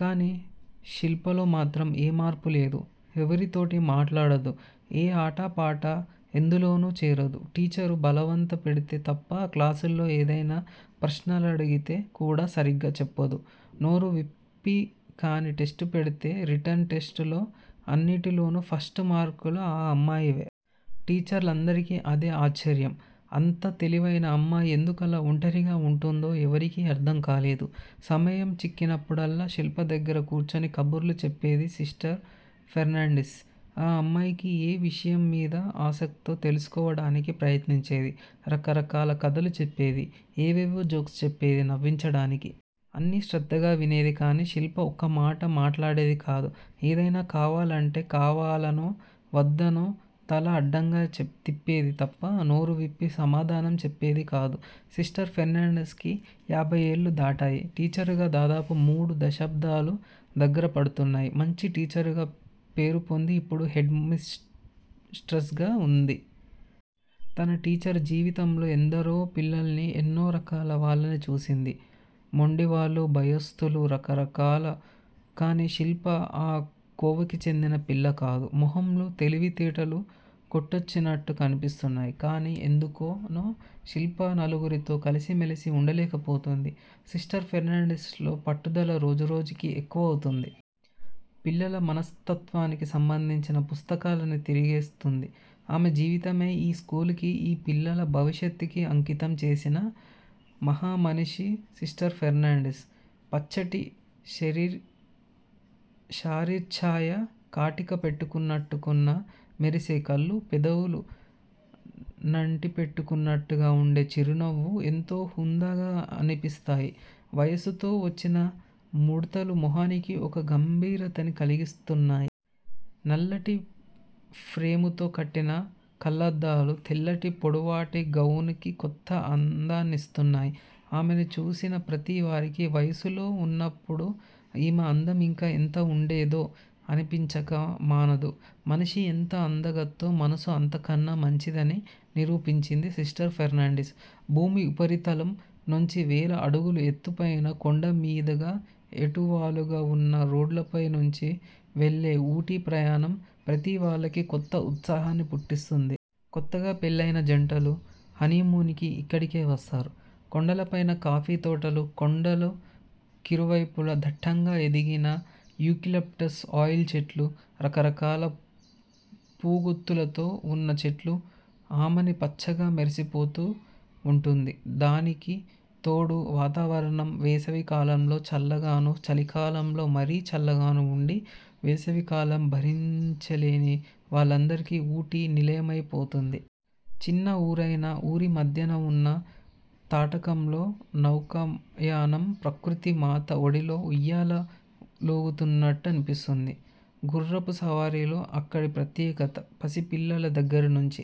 కాని శిల్పలోమాత్రం ఏ మార్పూ లేదు. ఎవ్వరితోటీ మాట్లాడదు. ఏ ఆట పాట ఎందులోనూ చేరదు. టీచరు బలవంత పెడితే తప్ప క్లాసులో ఏదైనా ప్రశ్నలడిగితే కూడా సరిగ్గా చెప్పదు నోరువిప్పి. కానీ టెస్టు పెడితే రిటన్ టెస్టులో అన్నింటిలోనూ ఫస్టు మార్కులు ఆ అమ్మాయివే. టీచర్లందరికీ అదే ఆశ్చర్యం. అంత తెలివైన అమ్మాయి ఎందుకలా ఒంటరిగా వుంటుందో ఎవ్వరికీ అర్థం కాలేదు. సమయం చిక్కినప్పుడల్లా, శిల్ప దగ్గర కూర్చుని కబుర్లు చెప్పేది సిస్టర్ ఫెర్నాండిస్. ఆ అమ్మాయికి ఏ విషయంమీద ఆసక్తో తెలుసుకోవడానికి ప్రయత్నించేది. రకరకాల కథలు చెప్పేది. ఏవేవో జోక్స్ చెప్పేది నవ్వించడానికి. అన్నీ శ్రద్ధగా వినేది కాని శిల్ప ఒక్క మాట మాట్లాడేది కాదు. ఏదైనా కావాలా అంటే కావాలనో వద్దనో తల అడ్డంగా తిప్పేది తప్ప నోరువిప్పి సమాధానం చెప్పేదికాదు. సిస్టర్ ఫెర్నాండిస్ కి యాభై ఏళ్ళు దాటాయి. టీచరుగా దాదాపు మూడు దశాబ్దాలు దగ్గరపడుతున్నాయి. మంచి టీచరుగా పేరుపొంది ఇప్పుడు హెడ్ మిస్ట్రిస్ గా వుంది. తన టీచరు జీవితంలో ఎందరో పిల్లల్ని, ఎన్నో రకాల వాళ్ళని చూసింది. మొండివాళ్లూ, భయస్థులూ, రకరకాలు! కానీ శిల్ప ఆ కోవకి చెందిన పిల్లకాదు. మొహంలో తెలివితేటలు కొట్టొచ్చినట్టు కనిపిస్తయ్! కానీ ఎందుకనో శిల్ప నలుగురితో కలిసి మెలసి ఉండలేకపోతోంది. సిస్టర్ ఫెర్నాండిస్ లో పట్టుదల రోజురోజుకీ ఎక్కువవుతోంది. పిల్లల మనస్తత్వానికి సంబంధించిన పుస్తకాలన్నీ తిరగేస్తోంది. ఆమె జీవితమే ఈ స్కూలుకీ ఈ పిల్లల భవిష్యత్తుకీ అంకితం చేసిన మహామనిషి సిస్టర్ ఫెర్నాండిస్. పచ్చటి శరీరచ్ఛాయ, కాటిక పెట్టుకున్నట్టున్న మెరిసే కళ్ళూ, పెదవుల నంటిపెట్టుకున్నట్టుగా ఉండే చిరునవ్వూ ఎంతో హుందాగా అనిపిస్తాయి! వయస్సుతో వొచ్చిన ముడతలు మొహానికి ఒక గంభీరతని కలిగిస్తున్నాయి. నల్లటి ఫ్రేముతో కట్టిన కళ్ళద్దాలు, తెల్లటి పొడవాటి గౌనుకి కొత్త అందాన్నిస్తున్నాయి. ఆమెని చూసిన ప్రతివారికీ, 'వయస్సులో వున్నప్పుడు ఈమె అందం ఇంకా ఎంత ఉండేదో' అనిపించక మానదు! మనిషి ఎంత అందగత్తో, మనసు అంతకన్నా మంచిదని నిరూపించింది సిస్టర్ ఫెర్నాండిస్. భూమి ఉపరితలం నుంచి వేల అడుగుల ఎత్తుపైన, కొండమీదుగా ఏటవాలుగా వున్న రోడ్లపైనుంచి వెళ్ళే ఊటీ ప్రయాణం, ప్రతీవాళ్ళకీ కొత్త ఉత్సాహాన్ని పుట్టిస్తుంది. కొత్తగా పెళ్ళయిన జంటలు హనీమూన్ కి ఇక్కడికే వస్తారు. కొండలపైన కాఫీ తోటలు కొండల కిరువైపులా దట్టంగా ఎదిగిన 'యూకలిప్టస్ ఆయిల్' చెట్లూ, రకరకాల పూగుత్తులతో వున్న చెట్లూ, ఆమని పచ్చగా మెరిసిపోతూ వుంటుంది. దానికి తోడు వాతావరణం, వేసవి కాలంలో చల్లగానూ, చలికాలంలో మరీ చల్లగానూ వుండి, వేసవికాలం భరించలేని వాళ్ళందరికీ ఊటీ నిలయమైపోతుంది. చిన్న ఊరైనా, ఊరిమధ్యన వున్న తటాకంలో నౌకాయానం, ప్రకృతి మాత ఒడిలో ఉయ్యాల లూగుతున్నట్టనిపిస్తుంది. గుఱ్ఱపు సవారీలు అక్కడి ప్రత్యేకత. పసిపిల్లల దగ్గరనుంచి,